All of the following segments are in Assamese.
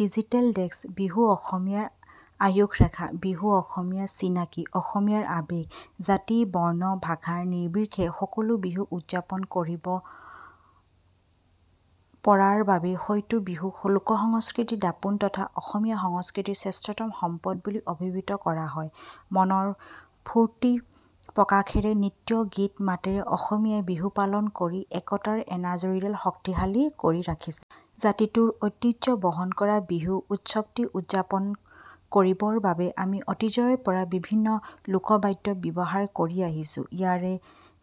ডিজিটেল ডেস্ক: বিহু অসমীয়াৰ আয়ুসৰেখা। বিহু অসমীয়াৰ চিনাকি, অসমীয়াৰ আৱেগ। জাতি-বৰ্ণ-ভাষা নিৰ্বিশেষে সকলোৱে বিহু উদযাপন কৰিব পৰাৰ বাবেই হয়তো বিহুক লোক সংস্কৃতিৰ দপোন তথা অসমীয়া সংস্কৃতিৰ শ্ৰেষ্ঠতম সম্পদ বুলি অভিহিত কৰা হয়। মনৰ স্ফূৰ্তি প্ৰকাশৰে নৃত্য-গীত- মাতেৰে অসমীয়াই বিহু পালন কৰি একতাৰ এনাজৰীডাল শক্তিশালী কৰি ৰাখিছে। জাতিটোৰ ঐতিহ্য বহন কৰা বিহু উৎসৱটি উদযাপন কৰিবৰ বাবে আমি অতীজৰে পৰা বিভিন্ন লোক বাদ্য ব্যৱহাৰ কৰি আহিছো। ইয়াৰে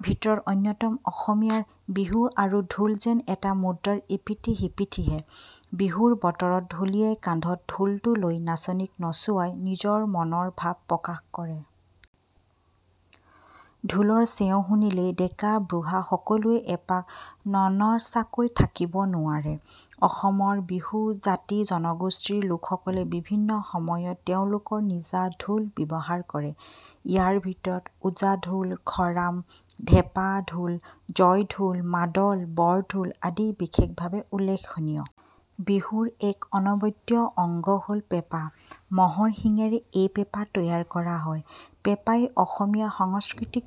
ভিতৰত অন্যতম- অসমীয়াৰ বিহু আৰু ঢোল যেন এটা মুদ্ৰাৰ ইপিঠি-সিপিঠিহে। বিহুৰ বতৰত ঢুলীয়াই কান্ধত ঢোলটো লৈ নাচনীক নচুৱাই নিজৰ মনৰ ভাৱ প্ৰকাশ কৰে। ঢোলৰ চেও শুনিলে ডেকা-বুঢ়া সকলোয়েই এপাক ননচাকৈ থাকিব নোৱাৰে। অসমৰ ভিন্ন জাতি-জনগোষ্ঠীৰ লোকসকলেও বিভিন্ন সময়ত তেওঁলোকৰ নিজা ঢোল ব্যৱহাৰ কৰে। ইয়াৰ ভিতৰত ওজা ঢোল, খৰাম, ঢেপা ঢোল, জয় ঢোল, মাদল, বৰ ঢোল আদি বিশেষভাৱে উল্লেখনীয়। বিহুৰ এক অনৱদ্য অংগ হ'ল পেঁপা। ম'হৰ শিঙেৰে এই পেঁপা তৈয়াৰ কৰা হয়। পেঁপাই অসমীয়া সংস্কৃতিত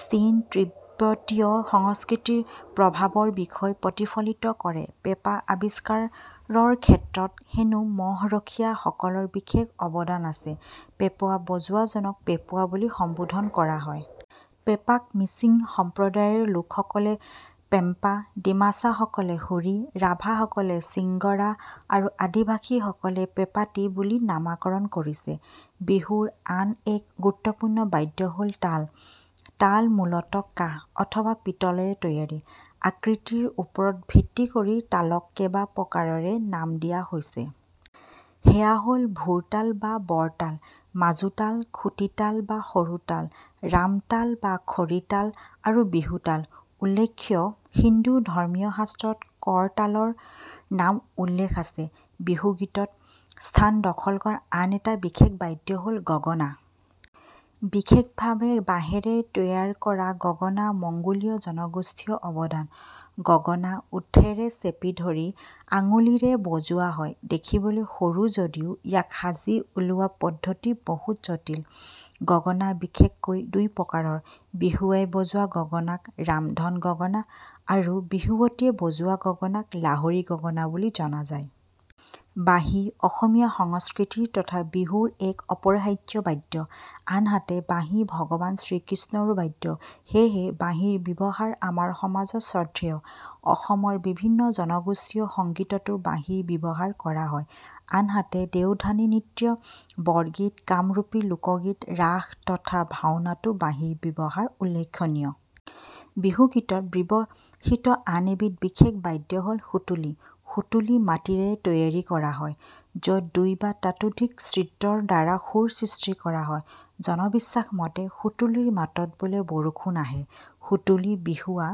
চীন-তিব্বতীয় সংস্কৃতিৰ প্ৰভাৱৰ বিষয়ে প্ৰতিফলিত কৰে। পেঁপা আৱিস্কাৰৰ ক্ষেত্ৰত হেনো ম'হৰখীয়াসকলৰ বিশেষ অৱদান আছে। পেঁপা বজোৱাজনক 'পেঁপুৱা' বুলি সম্বোধন কৰা হয়। পেপাঁক মিচিং সম্প্ৰদায়ৰ লোকসকলে 'পেম্পা', ডিমাছাসকলে 'সুৰী', ৰাভাসকলে 'সিংগৰা' আৰু আদিবাসীসকলে 'পেঁপাটি' বুলি নামকৰণ কৰিছে। বিহুৰ আন এক গুৰুত্বপূৰ্ণ বাদ্য হ'ল তাল। তাল মূলত কাঁহ অথবা পিতলৰে তৈয়াৰী। অকৃতিৰ ওপৰত ভিত্তি কৰি তালক কেইবাপ্ৰকাৰৰে নাম দিয়া হৈছে। সেয়া হ'ল-ভোৰ তাল বা বৰ তাল, মাজু তাল, খুটি তাল বা সৰু তাল, ৰাম তাল বা খৰি তাল আৰু বিহু তাল। উল্লেখ্য, হিন্দু ধৰ্মীয় শাস্ত্ৰত 'কৰ তাল'ৰ নাম উল্লেখ আছে। বিহুগীতত স্থান দখল কৰা আন এটি বিশেষ বাদ্য হ'ল গগনা। বিশেষভাৱে বাঁহেৰে তৈয়াৰ কৰা গগনা মংগোলীয় জনগোষ্ঠীয় অৱদান। গগনা ওঁঠৰে চেপি ধৰি আঙুলিৰেৰে বজোৱা হয়। দেখিবলৈ সৰু যদিও ইয়াক সাজি উলিওৱা পদ্ধতি বহু জটিল। গগনা বিশেষকৈ দুই প্ৰকাৰৰ। বিহুৱাই বজোৱা গগনাক 'ৰামধন গগনা' আৰু বিহুৱতীয়ে বজোৱা গগনাক 'লাহৰী গগনা' বুলি জনা যায়। বাঁহী অসমীয়া সংস্কৃতি তথা বিহুৰ এক অপৰিহাৰ্য্য বাদ্য। আনহাতে, বাঁহী ভগৱান শ্ৰীকৃষ্ণৰো বাদ্য। সেয়েহে বাঁহীৰ ব্যৱহাৰ আমাৰ সমাজত শ্ৰদ্ধেয়। অসমৰ বিভিন্ন জনগোষ্ঠীয় সংগীততো বাঁহীৰ ব্যৱহাৰ কৰা হয়। আনহাতে, দেওধনী নৃত্য, বৰগীত, কামৰুপী লোকগীত, ৰাস তথা ভাওঁনাতো বাঁহীৰ ব্যৱহাৰ উল্লেখনীয়। বিহুগীতত ব্যৱহৃত আন এবিধ বিশেষ বাদ্য হ'ল সুতুলী। সুতুলী মাটিৰে তৈয়াৰ কৰা হয়। য'ত দুই বা তাতোধিক ছিদ্ৰৰ দ্বাৰা সুৰ সৃষ্টি কৰা হয়। জনবিশ্বাস মতে, সুতুলীৰ মাতত বোলে বৰষুণ আহে। সুতুলী বিহুৱা